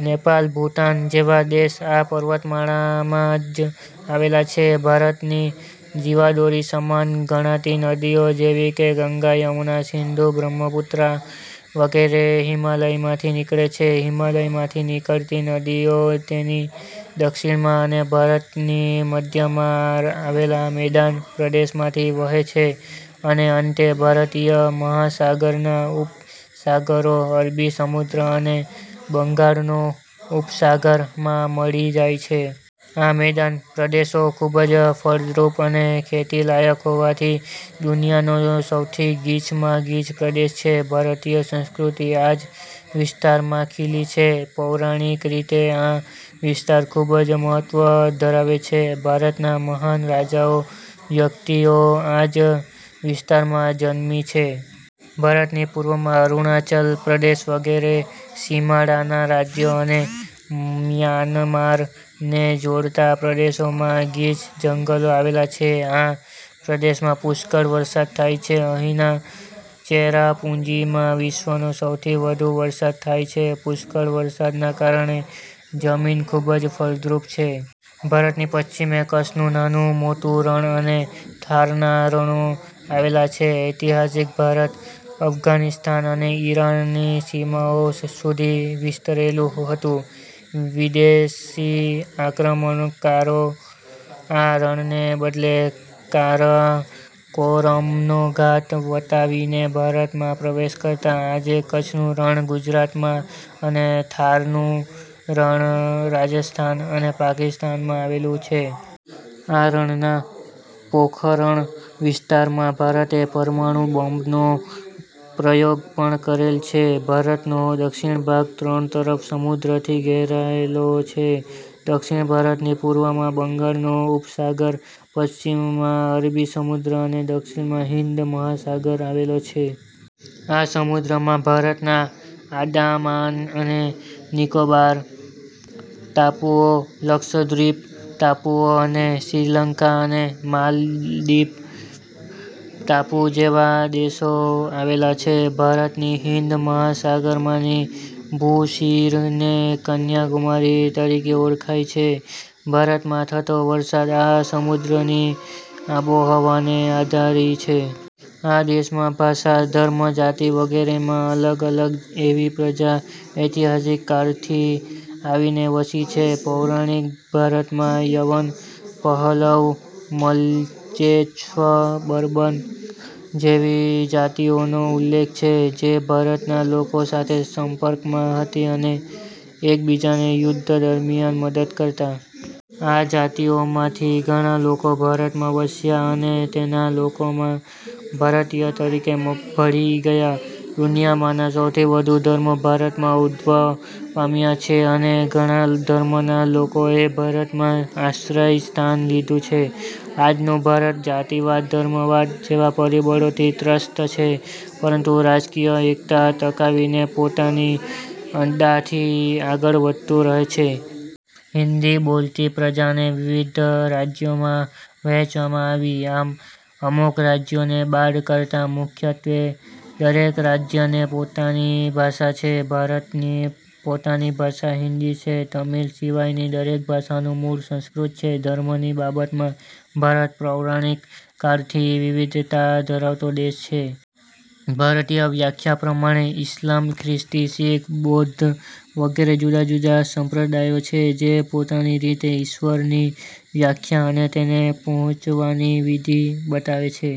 નેપાલ, ભૂતાન જેવા દેશ આ પર્વતમાળામાં જ આવેલા છે. ભારતની જીવાદોરી સમાન ગણાતી નદીઓ જેવી કે ગંગા, યમુના, સિંધુ, બ્રહ્મપુત્રા વગેરે હિમાલયમાંથી નીકળે છે. હિમાલયમાંથી નીકળતી નદીઓ તેની દક્ષિણમાં અને ભારતની મધ્યમાં આવેલા મેદાન પ્રદેશમાંથી વહે છે અને અંતે ભારતીય મહાસાગરના ઉપસાગરો – અરબી સમુદ્ર અને બંગાળનો ઉપસાગર – માં મળી જાય છે. આ મેદાન પ્રદેશો ખૂબજ ફળદ્રુપ અને ખેતીલાયક હોવાથી દુનિયાનો સૌથી ગીચમાં ગીચ પ્રદેશ છે. ભારતીય સંસ્કૃતિ આ જ વિસ્તારમાં ખીલી છે. પૌરાણિક રીતે આ વિસ્તાર ખૂબ જ મહત્વ ધરાવે છે. ભારતના મહાન રાજાઓ, વ્યક્તિઓ આ જ વિસ્તારમાં જન્મી છે. ભારતની પૂર્વમાં અરૂણાચલ પ્રદેશ વગેરે સીમાડાના રાજ્યો અને મ્યાનમાર ને જોડતા પ્રદેશોમાં ગીચ જંગલો આવેલા છે. આ પ્રદેશમાં પુષ્કળ વરસાદ થાય છે. અહીંના ચેરાપુંજીમાં વિશ્વનો સૌથી વધુ વરસાદ થાય છે. પુષ્કળ વરસાદના કારણે જમીન ખૂબ જ ફળદ્રુપ છે. ભારતની પશ્ચિમે કચ્છનું નાનું, મોટું રણ અને થારના રણો આવેલા છે. ઐતિહાસિક ભારત અફઘાનિસ્તાન અને ઇરાનની સીમાઓ સુધી વિસ્તરેલું હતું. વિદેશી આક્રમણકારો આ રણને બદલે કારાકોરમનો ઘાટ વટાવીને ભારતમાં પ્રવેશ કરતા. આજે કચ્છનું રણ ગુજરાત માં અને થારનું રણ રાજસ્થાન અને પાકિસ્તાનમાં આવેલું છે. આ રણના પોખરણ વિસ્તારમાં ભારતે પરમાણુ બોમ્બનો પ્રયોગ પણ કરેલ છે. ભારતનો દક્ષિણ ભાગ ત્રણ તરફ સમુદ્રથી ઘેરાયેલો છે. દક્ષિણ ભારતની પૂર્વમાં બંગાળનો ઉપસાગર, પશ્ચિમમાં અરબી સમુદ્ર અને દક્ષિણમાં હિંદ મહાસાગર આવેલો છે. આ સમુદ્રમાં ભારતના આંદામાન અને નિકોબાર ટાપુઓ, લક્ષદ્વિપ ટાપુઓ અને શ્રીલંકા અને માલદીવ ટાપુ જેવા દેશો આવેલા છે. ભારતની હિંદ મહાસાગરમાંની ભૂશિરને કન્યાકુમારી તરીકે ઓળખાય છે. ભારતમાં થતો વરસાદ આ સમુદ્રની આબોહવાને આધારી છે. આ દેશમાં ભાષા, ધર્મ, જાતિ વગેરેમાં અલગ અલગ એવી પ્રજા ઐતિહાસિક કાળથી આવીને વસી છે. પૌરાણીક ભારતમાં યવન, પહલવ, મ્લેચ્છ, બર્બર જેવી જાતિઓનો ઉલ્લેખ છે જે ભારતના લોકો સાથે સંપર્કમાં હતી અને એકબીજાને યુદ્ધ દરમિયાન મદદ કરતા. આ જાતિઓમાંથી ઘણા લોકો ભારતમાં વસ્યા અને તેના લોકોમાં ભારતીય તરીકે ભળી ગયા. દુનિયાના સૌથી વધુ ધર્મો ભારતમાં ઉદ્ભવ પામ્યા છે અને ઘણા ધર્મના લોકોએ ભારતમાં આશ્રયસ્થાન લીધું છે. આજનું ભારત જાતિવાદ, ધર્મવાદ જેવા પરિબળોથી ત્રસ્ત છે પરંતુ રાજકીય એક્તા ટકાવીને પોતાની અદાથી આગળ વધતુ રહે છે. હિન્દી બોલતી પ્રજાને વિવિધ રાજ્યોમાં વહેંચવામાં આવી. આમ, અમુક રાજ્યને બાદ કરતા મુખ્યત્વે દરેક રાજ્યને પોતાની ભાષા છે. ભારતની પોતાની ભાષા હિન્દી છે. તમિલ સિવાયની દરેક ભાષાનું મૂળ સંસ્કૃત છે. ધર્મની બાબતમાં ભારત પૌરાણીક કાળથી વિવિધતા ધરાવતો દેશ છે. ભારતીય વ્યાખ્યા પ્રમાણે ઇસ્લામ, ખ્રિસ્તી, શીખ, બૌદ્ધ વગેરે જુદા-જુદા સંપ્રદાયો છે જે પોતાની રીતે ઇશ્વરની વ્યાખ્યા અને તેને પહોંચવાની વિધી બતાવે છે.